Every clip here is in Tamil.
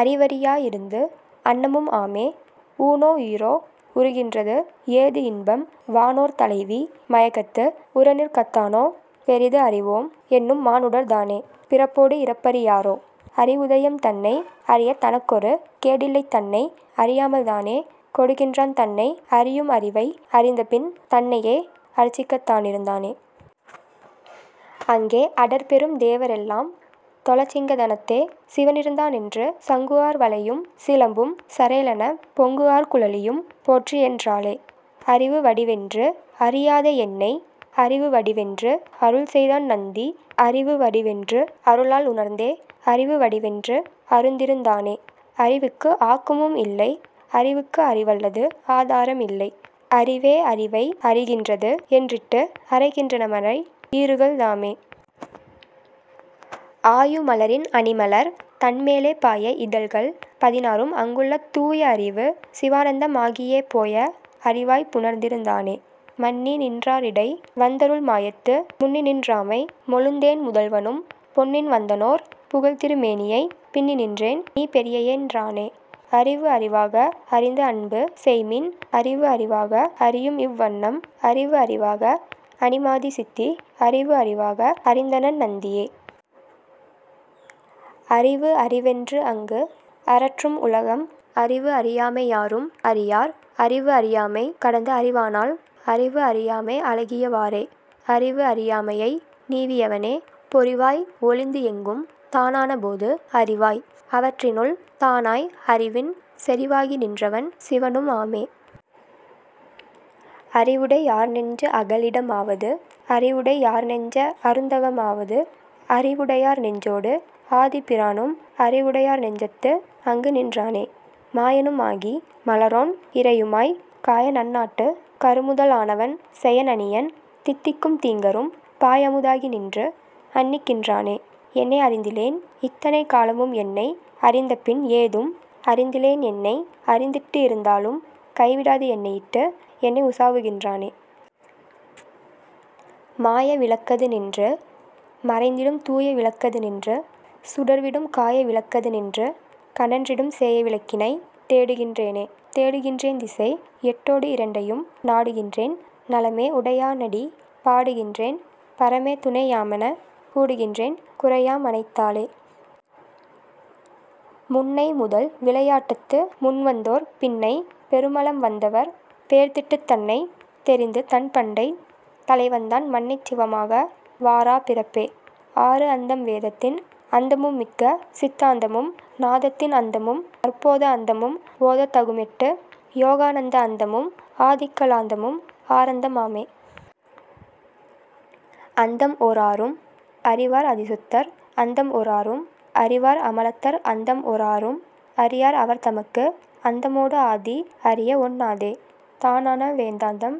அறிவறி யாஇருந்து அன்னமும் ஆமே. ஊனோ உயிரோ உறுகின்றது ஏதுஇன்பம் வானோர் தலைவி மயக்கத்து உறநிற்கத் தானோ பெரிதுஅறி வோம் என்னும் மானுடர் தானே பிறப்போடு இறப்பறி யாரோ.. அறிவுதயம் தன்னை அறியத் தனக்கொரு கேடில்லை தன்னை அறியாமல் தானே கெடுகின்றான் தன்னை அறியும் அறிவை அறிந்தபின் தன்னையே அர்ச்சிக்கத் தானிருந் தானே. அங்கே அடற்பெரும் தேவரெல் லாம்தொழச் சிங்கா தனத்தே சிவன்இருந் தானென்று சங்குஆர் வளையும் சிலம்பும் சரேலெனப் பொங்குஆர் குழலியும் போற்றிஎன் றாளே. அறிவு வடிவென்று அறியாத என்னை அறிவு வடிவென்று அருள்செய்தான் நந்தி அறிவு வடிவென்று அருளால் உணர்ந்தே அறிவு வடிவென்று அருந்திருந் தானே. அறிவுக்கு ஆக்கமும் இல்லை அறிவுக்கு அறிவல்லது ஆதாரம் இல்லை அறிவே அறிவை அறிகின்றது என்றிட்டு அறைகின் றனமறை ஈறுகள் தாமே. ஆயு மலரின் அணிமலர் தன்மேலே பாய இதழ்கள் பதினாறும் அங்குள தூய அறிவு சிவானந்த மாகியே போய அறிவாய்ப் புணர்ந்திருந் தானே. மன்னிநின் றாரிடை வந்தருள் மாயத்து முன்னிநின் றாமை மொழிந்தேன் முதல்வனும் பொன்னின்வந் தானோர் புகழ்திரு மேனியைப் பின்னிநின் றேன்நீ பெரியையென் றானே. அறிவுஅறி வாக அறிந்துஅன்பு செய்மின் அறிவுஅறி வாக அறியும்இவ் வண்ணம் அறிவுஅறி வாக அணிமாதி சித்தி அறிவுஅறி வாக அறிந்தணன் நந்தியே. அறிவுஅறி வென்று அங்கு அரற்றும் உலகம் அறிவுஅறி யாமை யாரும் அறியார் அறிவுஅறி யாமை கடந்துஅறி வானால் அறிவுஅறி யாமை அழகிய வாறே. அறிவுஅறி யாமையை நீவி யவனே பொறிவாய் ஒழிந்துஎங்கும் தானான போது அறிவாய் அவற்றினுள் தானாய் அறிவின் செறிவாகி நின்றவன் சிவனும் ஆமே. அறிவுடை யார்நெஞ்சு அகலிடம் ஆவது அறிவுடை யார்நெஞ்ச அருந்தவம் ஆவது அறிவுடை யார்நெஞ்சொடு ஆதிப் பிரானும் அறிவுடை யார்நெஞ்சத்து அங்குநின் றானே. மாயனும் ஆகி மலரோன் இறையுமாய்க் காயநன் னாட்டுக் கருமுதல் ஆனவன் சேயன் அணியன் தித்திக்கும் தீங்கரும் பாய்அமு தாகிநின்று அண்ணிக்கின் றானே. என்னை அறிந்திலேன் இத்தனை காலமும் என்னை அறிந்தபின் ஏதும் அறிந்திலேன் என்னை அறிந்திட்டு இருத்தலும் கைவிடாது என்னையிட்டு என்னை உசாவுகின் றானே. மாய விளக்கது நின்று மறைந்திடும் தூய விளக்கது நின்று சுடர்விடும் காய விளக்கது நின்று கனன்றிடும் சேய விளக்கினைத் தேடுகின் றேனை. தேடுகின் றேன்திசை எட்டோ டு இரண்டையும் நாடுகின் றேன்நல மேஉடை யானடி பாடுகின் றேன்பர மேதுணை யாமெனக் கூடுகின் றேன்குறை யாமனைத் தாலே. முன்னை முதல்விளை யாட்டத்து முன்வந்தோர் பின்னை பெருமலம் வந்தவர் பேர்த்திட்டுத் தன்னைத் தெரிந்துதன் பண்டைத் தலைவன்தன் மன்னிச் சிவமாக வாரா பிறப்பே.. ஆறு அந்தம் வேதத்தின் அந்தமும் மிக்கசித் தாந்தமும் நாதத்தின் அந்தமும் நற்போத அந்தமும் ஓதத் தகும்எட்டு யோகாநந்த அந்தமும் ஆதிக்க லாந்தமும் ஆறந்தம் ஆமே. அந்தம்ஓர் ஆறும் அறிவார் அதிசுத்தர் அந்தம்ஒர் ஆறும் அறிவார் அமலத்தர் அந்தம்ஓர் ஆறும் அறியார் அவர்தமக்கு அந்தமோடு ஆதி அறியஒண் ணாதே. தானான வேதாந்தம்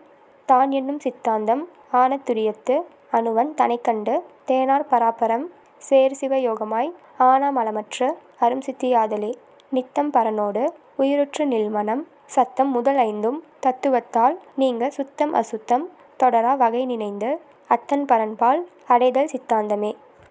தான்என்னும் சித்தாந்தம் ஆனாத் துரியத்து அணுவன் தனைக்கண்டு தேனார் பராபரம் சேர்சிவ யோகமாய் ஆனா மலமற்று அரும்சித்தி யாதலே. நித்தம் பரனோடு உயிருற்று நீள்மனம் சத்தம் முதல்ஐந்தும் தத்துவத் தால்நீங்கச் சுத்தம் அசுத்தம் தொடரா வகைநினைந்து அத்தன் பரன்பால் அடைதல்சித் தாந்தமே.